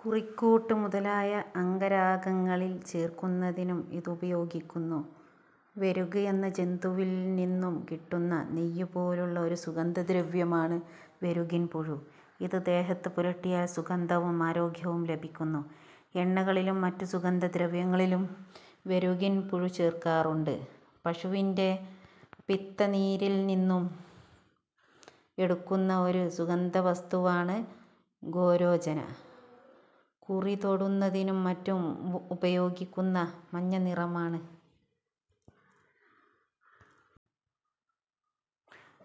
കുറിക്കൂട്ട് മുതലായ അംഗരാഗങ്ങളിൽ ചേർക്കുന്നതിനും ഇതുപയോഗിക്കുന്നു. വെരുക് എന്ന ജന്തുവിൽനിന്നുകിട്ടുന്ന നെയ്യുപോലുള്ള ഒരു സുഗന്ധദ്രവ്യമാണ് വെരുകിൻപുഴു. ഇത് ദേഹത്തുപുരട്ടിയാൽ സുഗന്ധവും ആരോഗ്യവും ലഭിക്കുന്നു. എണ്ണകളിലും മറ്റു സുഗന്ധദ്രവ്യങ്ങളിലും വെരുകിൻപുഴു ചേർക്കാറുണ്ട്. പശുവിന്റെ പിത്തനീരിൽനിന്നും എടുക്കുന്ന ഒരു സുഗന്ധവസ്തുവാണ് ഗോരോചന. കുറിതൊടുന്നതിനും മറ്റും ഉപയോഗിക്കുന്ന ഇതിന് മഞ്ഞനിറമാണ്.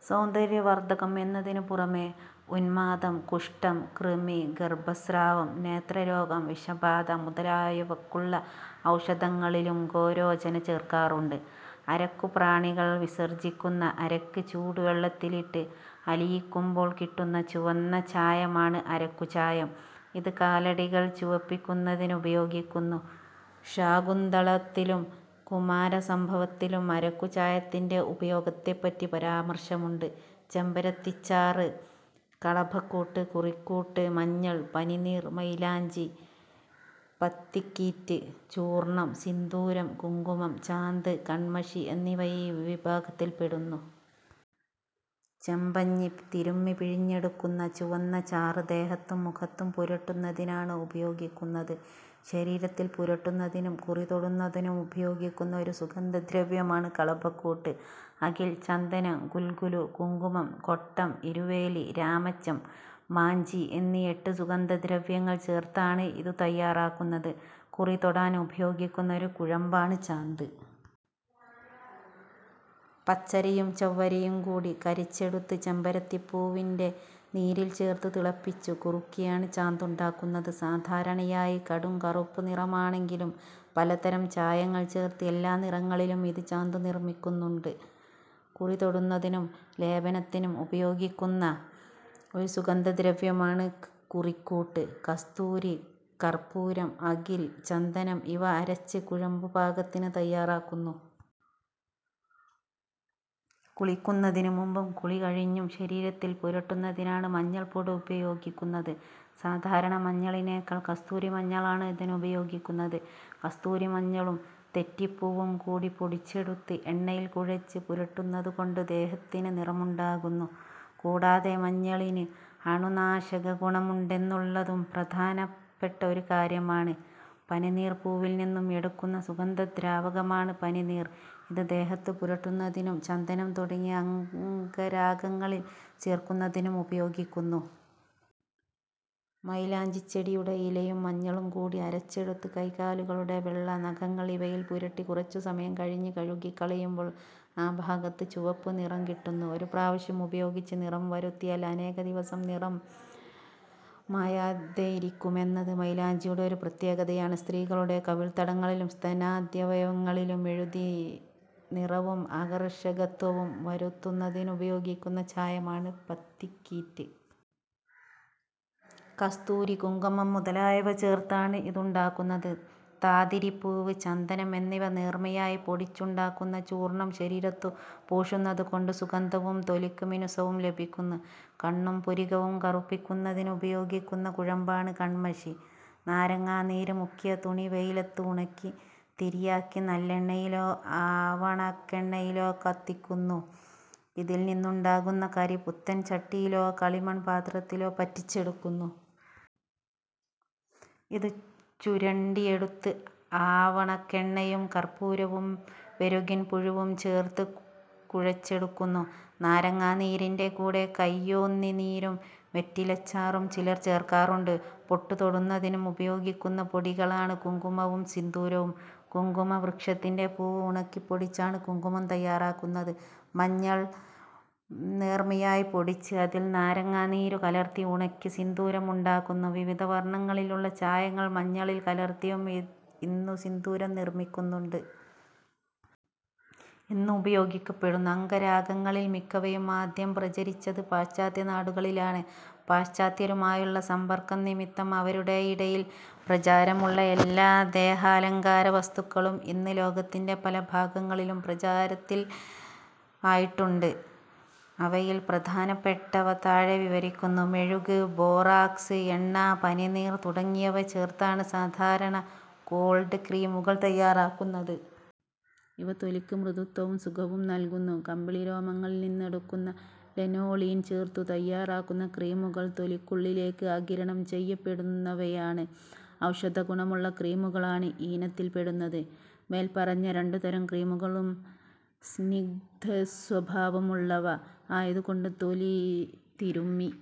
സൗന്ദര്യവർധകം എന്നതിനുപുറമേ ഉൻമാദം, കുഷ്ഠം, കൃമി, ഗർഭസ്രാവം, നേത്രരോഗം, വിഷബാധ മുതലായവയ്ക്കുള്ള ഔഷധങ്ങളിലും ഗോരോചന ചേർക്കാറുണ്ട്. അരക്കുപ്രാണികൾ വിസർജിക്കുന്ന അരക്ക് ചൂടുവെള്ളത്തിലിട്ട് അലിയിക്കുമ്പോൾ കിട്ടുന്ന ചുവന്ന ചായമാണ് അരക്കുചായം. ഇത് കാലടികൾ ചുവപ്പിക്കുന്നതിനുപയോഗിക്കുന്നു. ശാകുന്തളത്തിലും കുമാരസംഭവത്തിലും അരക്കുചായത്തിന്റെ ഉപയോഗത്തെപ്പറ്റി പരാമർശമുണ്ട്. ചെമ്പരത്തിച്ചാറ്, കളഭക്കൂട്ട്, കുറിക്കൂട്ട്, മഞ്ഞൾ, പനിനീർ, മൈലാഞ്ചി, പത്തിക്കീറ്റ്, ചൂർണം, സിന്ദൂരം, കുങ്കുമം, ചാന്ത്, കൺമഷി എന്നിവ ഈ വിഭാഗത്തിൽപ്പെടുന്നു. ചെമ്പഞ്ഞി തിരുമ്മി പിഴിഞ്ഞെടുക്കുന്ന ചുവന്നചാറ് ദേഹത്തും മുഖത്തും പുരട്ടുന്നതിനാണ് ഉപയോഗിച്ചുവരുന്നത്. ശരീരത്തിൽ പുരട്ടുന്നതിനും കുറിതൊടുന്നതിനും ഉപയോഗിക്കുന്ന ഒരു സുഗന്ധദ്രവ്യമാണ് കളഭക്കൂട്ട്. അകിൽ, ചന്ദനം, ഗുൽഗുലു, കുങ്കുമം, കൊട്ടം, ഇരുവേലി, രാമച്ചം, മാഞ്ചി എന്നീ എട്ടു സുഗന്ധദ്രവ്യങ്ങൾ ചേർത്താണ് ഇതു തയ്യാറാക്കുന്നത്. കുറിതൊടാൻ ഉപയോഗിക്കുന്ന ഒരു കുഴമ്പാണ് ചാന്ത്. പച്ചരിയും ചവ്വരിയുംകൂടി കരിച്ചെടുത്ത് ചെമ്പരത്തിപ്പൂവിന്റെ നീരിൽചേർത്തു തിളപ്പിച്ചു കുറുക്കിയാണ് ചാന്തുണ്ടാക്കുന്നത്. സാധാരണയായി കടുംകറുപ്പു നിറമാണെങ്കിലും, പലതരം ചായങ്ങൾ ചേർത്ത് എല്ലാ നിറങ്ങളിലും ഇന്ന് ചാന്തു നിർമ്മിക്കുന്നുണ്ട്. കുറിതൊടുന്നതിനും ലേപനത്തിനും ഉപയോഗിക്കുന്ന ഒരു സുഗന്ധദ്രവ്യമാണ് കുറിക്കൂട്ട്. കസ്തൂരി, കർപ്പൂരം, അകിൽ, ചന്ദനം ഇവ അരച്ച് കുഴമ്പുപാകത്തിൽ തയ്യാറാക്കുന്നു. കുളിക്കുന്നതിനുമുമ്പും കുളികഴിഞ്ഞും ശരീരത്തിൽ പുരട്ടുന്നതിനാണ് മഞ്ഞൾപ്പൊടി ഉപയോഗിക്കുന്നത്. സാധാരണമഞ്ഞളിനേക്കാൾ കസ്തൂരിമഞ്ഞളാണ് ഇതിനുപയോഗിക്കുന്നത്. കസ്തൂരിമഞ്ഞളും തെറ്റിപ്പൂവുംകൂടി പൊടിച്ചെടുത്ത് എണ്ണയിൽ കുഴച്ച് പുരട്ടുന്നതുകൊണ്ട് ദേഹത്തിന് നിറമുണ്ടാകുന്നു. കൂടാതെ മഞ്ഞളിന് അണുനാശകഗുണമുണ്ടെന്നുള്ളതും പ്രധാനപ്പെട്ട ഒരു കാര്യമാണ്. പനിനീർപൂവിൽനിന്നും എടുക്കുന്ന സുഗന്ധദ്രാവകമാണ് പനിനീർ. ഇത് ദേഹത്തു പുരട്ടുന്നതിനും ചന്ദനം തുടങ്ങിയ അംഗരാഗങ്ങളിൽ ചേർക്കുന്നതിനും ഉപയോഗിക്കുന്നു. മൈലാഞ്ചിചെടിയുടെ ഇലയും മഞ്ഞളും കൂടി അരച്ചെടുത്ത് കൈകാലുകളുടെ വെള്ള, നഖങ്ങൾ ഇവയിൽ പുരട്ടി കുറച്ചുസമയം കഴിഞ്ഞ് കഴുകിക്കളയുമ്പോൾ ആ ഭാഗത്ത് ചുവപ്പുനിറം കിട്ടുന്നു. ഒരു പ്രാവശ്യം ഉപയോഗിച്ച് നിറംവരുത്തിയാൽ അനേകദിവസം നിറം മായാതെയിരിക്കുമെന്നത് മൈലാഞ്ചിയുടെ ഒരു പ്രത്യേകതയാണ്. സ്ത്രീകളുടെ കവിൾത്തടങ്ങളിലും സ്തനാദ്യവയവങ്ങളിലും എഴുതി നിറവും ആകർഷകത്വവും വരുത്തുന്നതിനുപയോഗിക്കുന്ന ചായമാണ് പത്തിക്കീറ്റ്. കസ്തൂരി, കുങ്കുമം മുതലായവ ചേർത്താണ് ഇതുണ്ടാക്കുന്നത്. താതിരിപ്പൂവ്, ചന്ദനം എന്നിവ നേർമയായി പൊടിച്ചുണ്ടാക്കുന്ന ചൂർണം ശരീരത്തു പൂശുന്നതുകൊണ്ട് സുഗന്ധവും തൊലിക്ക് മിനുസവും ലഭിക്കുന്നു. കണ്ണും പുരികവും കറുപ്പിക്കുന്നതിനുപയോഗിക്കുന്ന കുഴമ്പാണ് കൺമഷി. നാരങ്ങാനീരിൽ മുക്കിയ തുണി വെയിലത്ത് ഉണക്കി, തിരിയാക്കി നല്ലെണ്ണയിലോ ആവണക്കെണ്ണയിലോ കത്തിക്കുന്നു. ഇതിൽനിന്നുണ്ടാകുന്ന കരി പുത്തൻ ചട്ടിയിലോ കളിമൺപാത്രത്തിലോ പറ്റിച്ചെടുക്കുന്നു. ഇതു ചുരണ്ടിയെടുത്ത് ആവണക്കെണ്ണയും കർപ്പൂരവും വെരുകിൻപുഴുവും ചേർത്ത് കുഴച്ചെടുക്കുന്നു. നാരങ്ങാനീരിന്റെ കൂടെ കൈയ്യോന്നിനീരും വെറ്റിലച്ചാറും ചിലർ ചേർക്കാറുണ്ട്. പൊട്ടുതൊടുന്നതിന് ഉപയോഗിക്കുന്ന പൊടികളാണ് കുങ്കുമവും സിന്ദൂരവും. കുങ്കുമവൃക്ഷത്തിന്റെ പൂവ് ഉണക്കിപ്പൊടിച്ചാണ് കുങ്കുമം തയ്യാറാക്കുന്നത്. മഞ്ഞൾ നേർമയായി പൊടിച്ച് അതിൽ നാരങ്ങാനീരു കലർത്തി ഉണക്കി സിന്ദൂരം ഉണ്ടാക്കുന്നു. വിവിധ വർണങ്ങളിലുള്ള ചായങ്ങൾ മഞ്ഞളിൽ കലർത്തിയും ഇന്നു സിന്ദൂരം നിർമ്മിക്കുന്നുണ്ട്. ഇന്ന് ഉപയോഗിക്കപ്പെടുന്ന അംഗരാഗങ്ങളിൽ മിക്കവയും ആദ്യം പ്രചരിച്ചത് പാശ്ചാത്യ നാടുകളിലാണ്. പാശ്ചാത്യരുമായുള്ള സമ്പർക്കം നിമിത്തം അവരുടെയിടയിൽ പ്രചാരമുള്ള എല്ലാ ദേഹാലങ്കാരവസ്തുക്കളും ഇന്ന് ലോകത്തിന്റെ പല ഭാഗങ്ങളിലും പ്രചാരത്തിൽ ആയിട്ടുണ്ട്. അവയിൽ പ്രധാനപ്പെട്ടവ താഴെ വിവരിക്കുന്നു: മെഴുക്, ബോറാക്സ്, എണ്ണ, പനിനീര് തുടങ്ങിയവ ചേർത്താണ് സാധാരണ കോൾഡ് ക്രീമുകൾ തയ്യാറാക്കുന്നത്. ഇവ തൊലിക്ക് മൃദുത്വവും സുഖവും നൽകുന്നു. കമ്പിളിരോമത്തിൽനിന്നെടുക്കുന്ന ലനോളീൻ ചേർത്തു തയ്യാറാക്കുന്ന ക്രീമുകൾ തൊലിക്കുള്ളിലേക്ക് ആഗിരണം ചെയ്യപ്പെടുന്നവയാണ്. ഔഷധഗുണമുള്ള ക്രീമുകളാണ് ഈ ഇനത്തിൽപെടുന്നത്. മേല്പറഞ്ഞ രണ്ടുതരം ക്രീമുകളും സ്നിഗ്ധസ്വഭാവമുളളവ ആയതുകൊണ്ട് തൊലിതിരുമ്മി